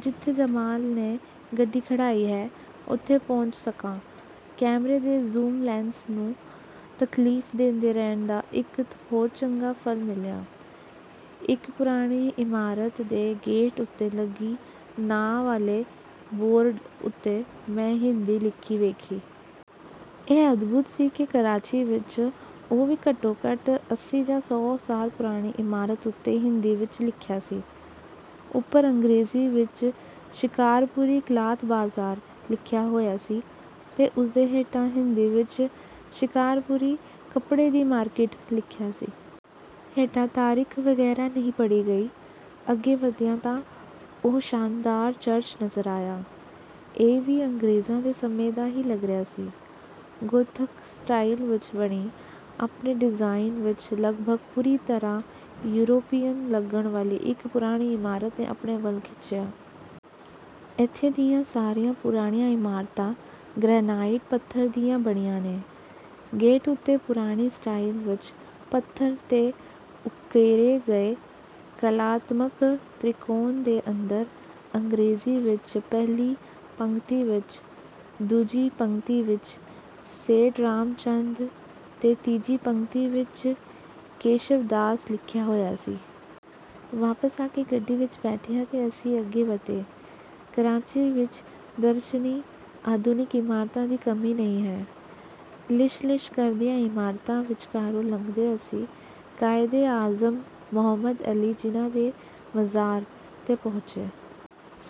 ਜਿੱਥੇ ਜਮਾਲ ਨੇ ਗੱਡੀ ਖੜ੍ਹਾਈ ਹੈ, ਉੱਥੇ ਪਹੁੰਚ ਸਕਾਂ। ਕੈਮਰੇ ਦੇ ਜ਼ੂਮ ਲੈਂਸ ਨੂੰ ਤਕਲੀਫ਼ ਦੇਂਦੇ ਰਹਿਣ ਦਾ ਇੱਕ ਹੋਰ ਚੰਗਾ ਫਲ ਮਿਲਿਆ। ਇੱਕ ਪੁਰਾਣੀ ਇਮਾਰਤ ਦੇ ਗੇਟ ਉੱਤੇ ਲੱਗੀ ਨਾਂ ਵਾਲੇ ਬੋਰਡ ਉੱਤੇ ਮੈਂ ਹਿੰਦੀ ਲਿਖੀ ਵੇਖੀ। ਇਹ ਅਦਭੁਤ ਸੀ ਕਿ ਕਰਾਚੀ ਵਿੱਚ, ਉਹ ਵੀ ਘੱਟੋ-ਘੱਟ ਅੱਸੀ ਜਾਂ ਸੌ ਸਾਲ ਪੁਰਾਣੀ ਇਮਾਰਤ ਉੱਤੇ, ਹਿੰਦੀ ਵਿੱਚ ਲਿਖਿਆ ਸੀ। ਉੱਪਰ ਅੰਗਰੇਜ਼ੀ ਵਿੱਚ 'ਸ਼ਿਕਾਰਪੁਰੀ ਕਲਾਥ ਬਾਜ਼ਾਰ' ਲਿਖਿਆ ਹੋਇਆ ਸੀ ਤੇ ਉਸਦੇ ਹੇਠਾਂ ਹਿੰਦੀ ਵਿੱਚ 'ਸ਼ਿਕਾਰਪੁਰੀ ਕੱਪੜੇ ਦੀ ਮਾਰਕੀਟ' ਲਿਖਿਆ ਸੀ। ਹੇਠਾਂ ਤਾਰੀਖ਼ ਵਗ਼ੈਰਾ ਨਹੀਂ ਪੜ੍ਹੀ ਗਈ। ਅੱਗੇ ਵਧਿਆ ਤਾਂ ਉਹ ਸ਼ਾਨਦਾਰ ਚਰਚ ਨਜ਼ਰ ਆਇਆ। ਇਹ ਵੀ ਅੰਗਰੇਜ਼ਾਂ ਦੇ ਸਮੇਂ ਦਾ ਹੀ ਲੱਗ ਰਿਹਾ ਸੀ। ਗੋਥਿਕ ਸਟਾਈਲ ਵਿੱਚ ਬਣੀ, ਆਪਣੇ ਡਿਜ਼ਾਇਨ ਵਿੱਚ ਲਗਭਗ ਪੂਰੀ ਤਰ੍ਹਾਂ ਯੂਰਪੀਅਨ ਲੱਗਣ ਵਾਲੀ ਇੱਕ ਪੁਰਾਣੀ ਇਮਾਰਤ ਨੇ ਆਪਣੇ ਵੱਲ ਖਿੱਚਿਆ। ਇੱਥੋਂ ਦੀਆਂ ਸਾਰੀਆਂ ਪੁਰਾਣੀਆਂ ਇਮਾਰਤਾਂ ਗ੍ਰੇਨਾਈਟ ਪੱਥਰ ਦੀਆਂ ਬਣੀਆਂ ਨੇ। ਗੇਟ ਉੱਤੇ ਪੁਰਾਣੀ ਸਟਾਈਲ ਵਿੱਚ ਪੱਥਰ ਤੇ ਉਕੇਰੇ ਗਏ ਕਲਾਤਮਕ ਤ੍ਰਿਕੋਣ ਦੇ ਅੰਦਰ ਅੰਗਰੇਜ਼ੀ ਵਿੱਚ ਪਹਿਲੀ ਪੰਗਤੀ ਵਿੱਚ…, ਦੂਜੀ ਪੰਗਤੀ ਵਿੱਚ 'ਸੇਠ ਰਾਮਚੰਦ' ਤੇ ਤੀਜੀ ਪੰਗਤੀ ਵਿੱਚ 'ਕੇਸ਼ਵਦਾਸ' ਲਿਖਿਆ ਹੋਇਆ ਸੀ। ਵਾਪਸ ਆ ਕੇ ਗੱਡੀ ਵਿੱਚ ਬੈਠਿਆ ਤੇ ਅਸੀਂ ਅੱਗੇ ਵਧੇ। ਕਰਾਚੀ ਵਿੱਚ ਦਰਸ਼ਨੀ ਆਧੁਨਿਕ ਇਮਾਰਤਾਂ ਦੀ ਕਮੀ ਨਹੀਂ ਹੈ। ਲਿਸ਼ਲਿਸ਼ ਕਰਦੀਆਂ ਇਮਾਰਤਾਂ ਵਿਚਕਾਰੋਂ ਲੰਘਦੇ ਅਸੀਂ ਕਾਇਦੇ-ਆਜ਼ਮ ਮੁਹੰਮਦ ਅਲੀ ਜਿੱਨਾ ਦੇ ਮਜ਼ਾਰ 'ਤੇ ਪਹੁੰਚੇ।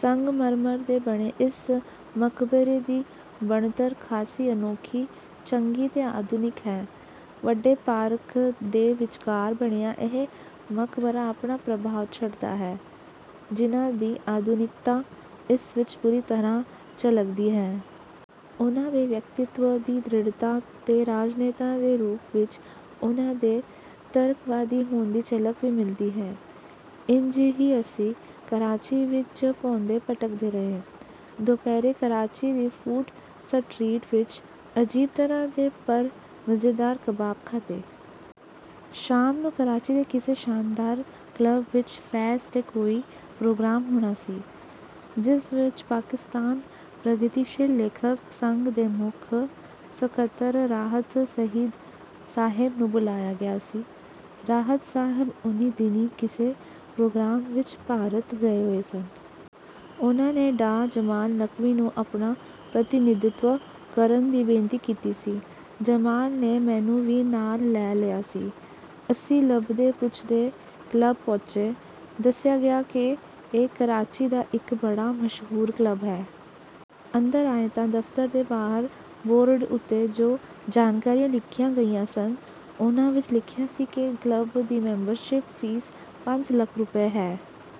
ਸੰਗਮਰਮਰ ਦੇ ਬਣੇ ਇਸ ਮਕਬਰੇ ਦੀ ਬਣਤਰ ਖਾਸੀ ਅਨੋਖੀ, ਚੰਗੀ ਤੇ ਆਧੁਨਿਕ ਹੈ। ਵੱਡੇ ਪਾਰਕ ਦੇ ਵਿਚਕਾਰ ਬਣਿਆ ਇਹ ਮਕਬਰਾ ਆਪਣਾ ਪ੍ਰਭਾਵ ਛੱਡਦਾ ਹੈ। ਜਿੱਨਾ ਦੀ 'ਆਧੁਨਿਕਤਾ' ਇਸ ਵਿੱਚ ਪੂਰੀ ਤਰ੍ਹਾਂ ਝਲਕਦੀ ਹੈ। ਉਹਨਾਂ ਦੇ ਵਿਅਕਤੀਤਵ ਦੀ ਦ੍ਰਿੜ੍ਹਤਾ ਤੇ ਰਾਜਨੇਤਾ ਦੇ ਰੂਪ ਵਿੱਚ ਉਹਨਾਂ ਦੇ ਤਰਕਵਾਦੀ ਹੋਣ ਦੀ ਝਲਕ ਵੀ ਮਿਲਦੀ ਹੈ। ਇੰਜ ਹੀ ਅਸੀਂ ਕਰਾਚੀ ਵਿੱਚ ਭੌਂਦੇ-ਭਟਕਦੇ ਰਹੇ। ਦੁਪਹਿਰੇ ਕਰਾਚੀ ਦੀ ਫੂਡ ਸਟਰੀਟ ਵਿੱਚ ਅਜੀਬ ਤਰ੍ਹਾਂ ਦੇ, ਪਰ ਮਜ਼ੇਦਾਰ, ਕਬਾਬ ਖਾਧੇ। ਸ਼ਾਮ ਨੂੰ ਕਰਾਚੀ ਦੇ ਕਿਸੇ ਸ਼ਾਨਦਾਰ ਕਲੱਬ ਵਿੱਚ 'ਫ਼ੈਜ਼' 'ਤੇ ਕੋਈ ਪ੍ਰੋਗਰਾਮ ਹੋਣਾ ਸੀ, ਜਿਸ ਵਿੱਚ ਪਾਕਿਸਤਾਨ ਪ੍ਰਗਤੀਸ਼ੀਲ ਲੇਖਕ ਸੰਘ ਦੇ ਮੁੱਖ ਸਕੱਤਰ ਰਾਹਤ ਸਈਦ ਸਾਹਿਬ ਨੂੰ ਬੁਲਾਇਆ ਗਿਆ ਸੀ। ਰਾਹਤ ਸਾਹਿਬ ਉਹਨੀਂ ਦਿਨੀਂ ਕਿਸੇ ਪ੍ਰੋਗਰਾਮ ਵਿੱਚ ਭਾਰਤ ਗਏ ਹੋਏ ਸਨ। ਉਹਨਾਂ ਨੇ ਡਾ. ਜਮਾਲ ਨਕਵੀ ਨੂੰ ਆਪਣਾ ਪ੍ਰਤੀਨਿਧਤਵ ਕਰਨ ਦੀ ਬੇਨਤੀ ਕੀਤੀ ਸੀ। ਜਮਾਲ ਨੇ ਮੈਨੂੰ ਵੀ ਨਾਲ ਲੈ ਲਿਆ ਸੀ। ਅਸੀਂ ਲੱਭਦੇ-ਪੁੱਛਦੇ ਕਲੱਬ ਪਹੁੰਚੇ। ਦੱਸਿਆ ਗਿਆ ਕਿ ਇਹ ਕਰਾਚੀ ਦਾ ਇੱਕ ਬੜਾ ਮਸ਼ਹੂਰ ਕਲੱਬ ਹੈ। ਅੰਦਰ ਆਏ ਤਾਂ ਦਫ਼ਤਰ ਦੇ ਬਾਹਰ ਬੋਰਡ ਉੱਤੇ ਜੋ ਜਾਣਕਾਰੀਆਂ ਲਿਖੀਆਂ ਗਈਆਂ ਸਨ, ਉਹਨਾਂ ਵਿੱਚ ਲਿਖਿਆ ਸੀ ਕਿ ਕਲੱਬ ਦੀ ਮੈਂਬਰਸ਼ਿੱਪ ਫ਼ੀਸ ਪੰਜ ਲੱਖ ਰੁਪਏ ਹੈ।